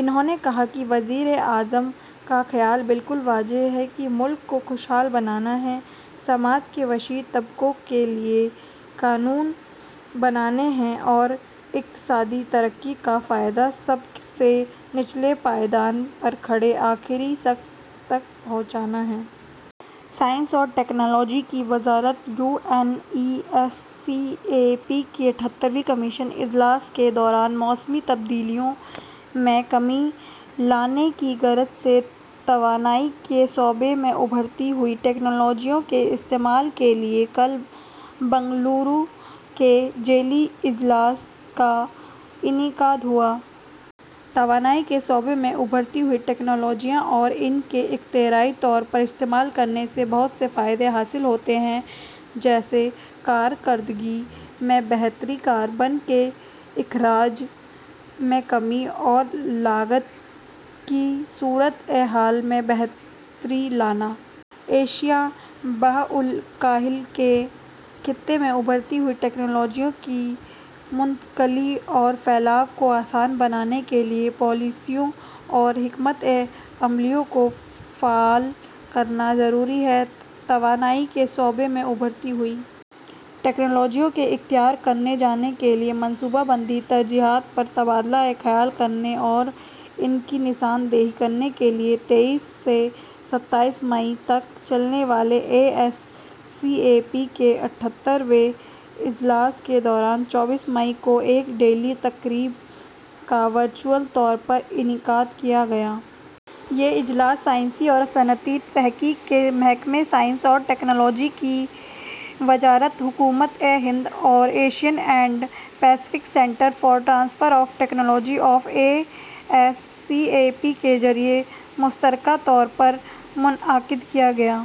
انھوں نے کہا کہ وزیراعظم کا خیال بالکل واضح ہے کہ ملک کو خوشحال بنانا ہے، سماج کے وسیع فائدوں کے لئے قانون بنانے ہیں اور اقتصادی ترقی کا فائدہ سب سے نچلے پائیدان پر کھڑے آخری شخص تک پہنچانا۔ سائنس اور ٹیکنالوجی کی وزارت U N E S C A P کے اٹھہتر ویں کمیشن اجلاس کے دوران موسمی تبدیلیوں میں کمی لانے کی غرض سے توانائی کے شعبے میں ابھرتی ہوئی ٹکنالوجیوں کے استعمال کے لئے کل ہندوستان کے ذیلی اجلاس کا انعقاد ہوا۔ توانائی کے شعبے میں ابھرتی ہوئی ٹکنالوجیاں اور ان کے اختراعی طور پر استعمال کئے جانے سے بہت سے فائدے حاصل ہوتے ہیں، جیسے کارکردگی میں بہتری، کاربن کے اخراج میں کمی اور لاگت کی صورتحال میں بہتری لانا۔ ایشیا – بحرالکاہل کے خطے میں ابھرتی ہوئی ٹکنالوجیوں کی منتقلی اور پھیلاؤ کو آسان بنانے کے لئے پالیسیوں اور حکمت عملیوں کو فعال کرنا ضروری ہے۔ توانائی کے شعبے میں ابھرتی ہوئی ٹکنالوجیوں کے اختیار کئے جانے کے لئے منصوبہ جاتی ترجیحات پر تبادلہ خیال کرنے اور ان کی نشاندہی کرنے کے لئے، تئیس مئی سے ستائیس مئی تک چلنے والے ای ایس سی اے پی کے اٹھہتر ویں اجلاس کے دوران چوبیس مئی کو ایک ذیلی تقریب کا ورچوئل طور پر انعقاد کیا گیا۔ یہ اجلاس سائنسی اور صنعتی تحقیق کے محکمے، سائنس اور ٹکنالوجی کی وزارت، حکومت ہند اور Asian and Pacific centre for transfer of technology of E S C A P کے ذریعہ مشترکہ طور پر منعقد کیا گیا۔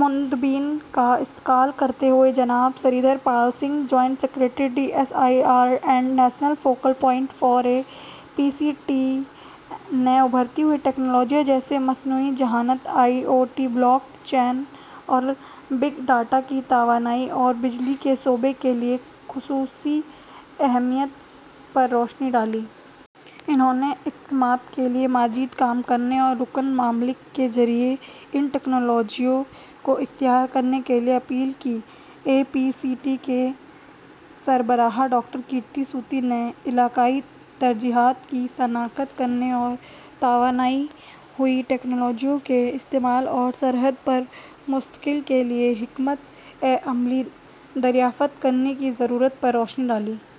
مندوبین کا استقبال کرتے ہوئے جناب Surinder Pal Singh, joint secretary D S I R and national focal point for A P C T T نے ابھرتی ہوئی ٹکنالوجیوں جیسے مصنوعی ذہانت، I O T, block chain اور بگ ڈاٹا کی توانائی اور بجلی کے شعبے کے لئے خصوصی اہمیت پر روشنی ڈالی۔ انہوں نے اقدامات کے لئے مزید کام کرنے اور رکن ممالک کے ذریعہ ان ٹکنالوجیوں کو اختیار کئے جانے کی اپیل کی۔ A P C T T کی سربراہ، ڈاکٹر پریتی سونی نے علاقائی ترجیحات کی نشاندہی کرنے اور توانائی کے شعبے میں رکن ممالک کے درمیان ابھرتی ہوئی ٹکنالوجیوں کے استعمال اور سرحد پار منتقلی کے لئے حکمت عملی دریافت کرنے کی ضرورت پر روشنی ڈالی۔ محترمہ الپنا دوبے